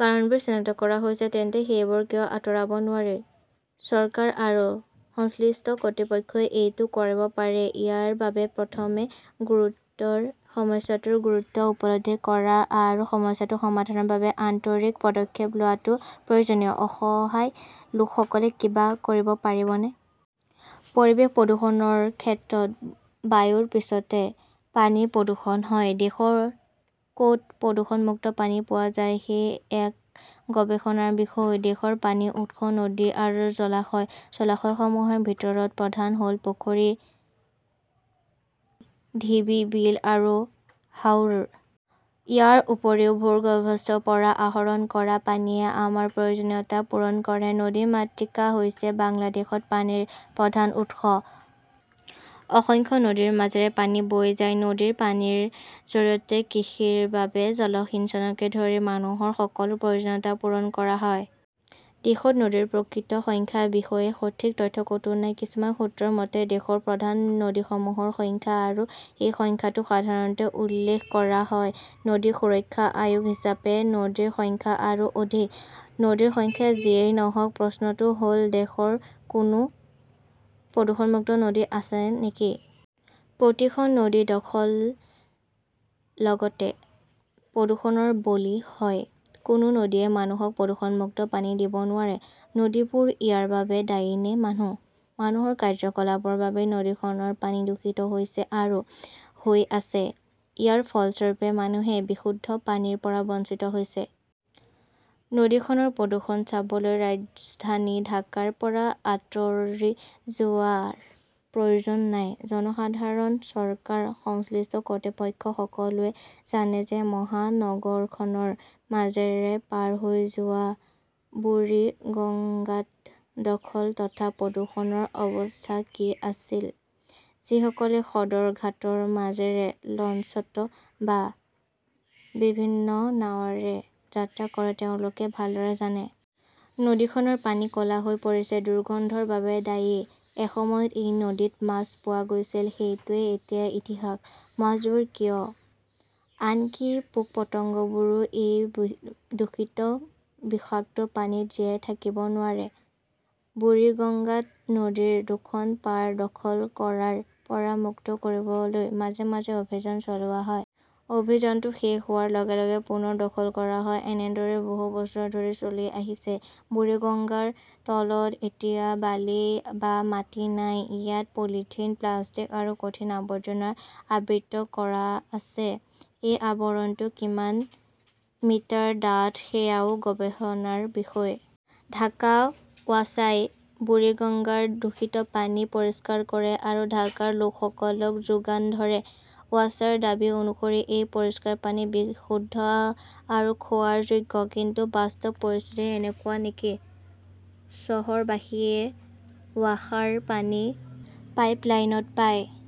কাৰণবোৰ চিনাক্ত কৰা হৈছে, তেন্তে সেইবোৰ কিয় আঁতৰাব নোৱাৰি? চৰকাৰ আৰু সংশ্লিষ্ট কৰ্তৃপক্ষই এইটো কৰিব পাৰে। ইয়াৰ বাবে প্ৰথমে গুৰুতৰ সমস্যাটোৰ গুৰুত্ব উপলব্ধি কৰা আৰু সমস্যাটো সমাধানৰ বাবে আন্তৰিক পদক্ষেপ লোৱাটো প্ৰয়োজনীয়। অসহায় লোকসকলে কিবা কৰিব পাৰিবনে? পৰিৱেশ প্ৰদূষণৰ ক্ষেত্ৰত বায়ুৰ পিছতে পানীৰ প্ৰদূষণ হয়। দেশত ক'ত প্ৰদূষণমুক্ত পানী পোৱা যায় সেয়া এক গৱেষণাৰ বিষয়। দেশৰ পানীৰ উৎস নদী আৰু জলাশয়। জলাশয়সমূহৰ ভিতৰত প্ৰধান হ'ল পুখুৰী, ঢিবি, বিল আৰু হাওৰ। ইয়াৰ উপৰিও ভূগৰ্ভস্থ পৰা আহৰণ কৰা পানীয়ে আমাৰ প্ৰয়োজনীয়তা পূৰণ কৰে। নদী মাতৃকা হৈছে বাংলাদেশত পানীৰ প্ৰধান উৎস। অসংখ্য নদীৰ মাজেৰে পানী বৈ যায়। নদীৰ পানীৰ জৰিয়তে কৃষিৰ বাবে জলসিঞ্চনকে ধৰি মানুহৰ সকলো প্ৰয়োজনীয়তা পূৰণ কৰা হয়। দেশত নদীৰ প্ৰকৃত সংখ্যাৰ বিষয়ে সঠিক তথ্য ক'তো নাই। কিছুমান সূত্ৰৰ মতে, দেশৰ প্ৰধান নদীসমূহৰ সংখ্যা আৰু এই সংখ্যাটো সাধাৰণতে উল্লেখ কৰা হয়। নদী সুৰক্ষা আয়োগ হিচাপে নদীৰ সংখ্যা আৰু অধিক। নদীৰ সংখ্যা যিয়েই নহওঁক, প্ৰশ্নটো হ'ল দেশত কোনো প্ৰদূষণমুক্ত নদী আছে নেকি? প্ৰতিখন নদী দখল লগতে প্ৰদূষণৰ বলি হয়। কোনো নদীয়ে মানুহক প্ৰদূষণমুক্ত পানী দিব নোৱাৰে। নদীবোৰ ইয়াৰ বাবে দায়ী নে মানুহ? মানুহৰ কাৰ্যকলাপৰ বাবেই নদীখনৰ পানী দূষিত হৈছে আৰু হৈ আছে। ইয়াৰ ফলস্বৰূপে মানুহে বিশুদ্ধ পানীৰ পৰা বঞ্চিত হৈছে। নদীখনৰ প্ৰদূষণ চাবলৈ ৰাজধানী ঢাকাৰ পৰা আঁতৰি যোৱাৰ প্ৰয়োজন নাই। জনসাধাৰণ, চৰকাৰ, সংশ্লিষ্ট কৰ্তৃপক্ষ সকলোৱে জানে যে মহানগৰখনৰ মাজেৰে পাৰ হৈ যোৱা বুৰিগংগাত দখল তথা প্ৰদূষণৰ অৱস্থা কি আছিল। যিসকলে সদৰঘাটৰ মাজেৰে লঞ্চত বা বিভিন্ন নাৱেৰে যাত্ৰা কৰে তেওঁলোকে ভালদৰে জানে। নদীখনৰ পানী ক'লা হৈ পৰিছে, দুৰ্গন্ধৰ বাবে দায়ী। এসময়ত এই নদীত মাছ পোৱা গৈছিল। সেইটোৱেই এতিয়া ইতিহাস। মাছবোৰ কিয়, আনকি পোক-পতংগবোৰেও এই দূষিত বিষাক্ত পানীত জীয়াই থাকিব নোৱাৰে। বুৰিগঙ্গাত নদীৰ দুখন পাৰ দখল কৰাৰ পৰা মুক্ত কৰিবলৈ মাজে মাজে অভিযান চলোৱা হয়। অভিযানটো শেষ হোৱাৰ লগে লগে পুনৰ দখল কৰা হয়। এনেদৰেই বহু বছৰ ধৰি চলি আহিছে। বুৰিগঙ্গাৰ তলত এতিয়া বালি বা মাটি নাই। ইয়াত পলিথিন, প্লাষ্টিক আৰু কঠিন আৱৰ্জনাত আবৃত কৰা আছে। এই আৱৰণটো কিমান মিটাৰ ডাঠ সেয়াও গৱেষণাৰ বিষয়। ঢাকা ৱাছাই বুৰিগঙ্গাৰ দূষিত পানী পৰিষ্কাৰ কৰে আৰু ঢাকাৰ লোকসকলক যোগান ধৰে। ৱাছাৰ দাবী অনুসৰি এই পৰিষ্কাৰ পানী বিশুদ্ধ আৰু খোৱাৰ যোগ্য। কিন্তু বাস্তৱ পৰিস্থিতি এনেকুৱা নেকি? চহৰবাসীয়ে ৱাসাৰ পানী পাইপলাইনত পায়।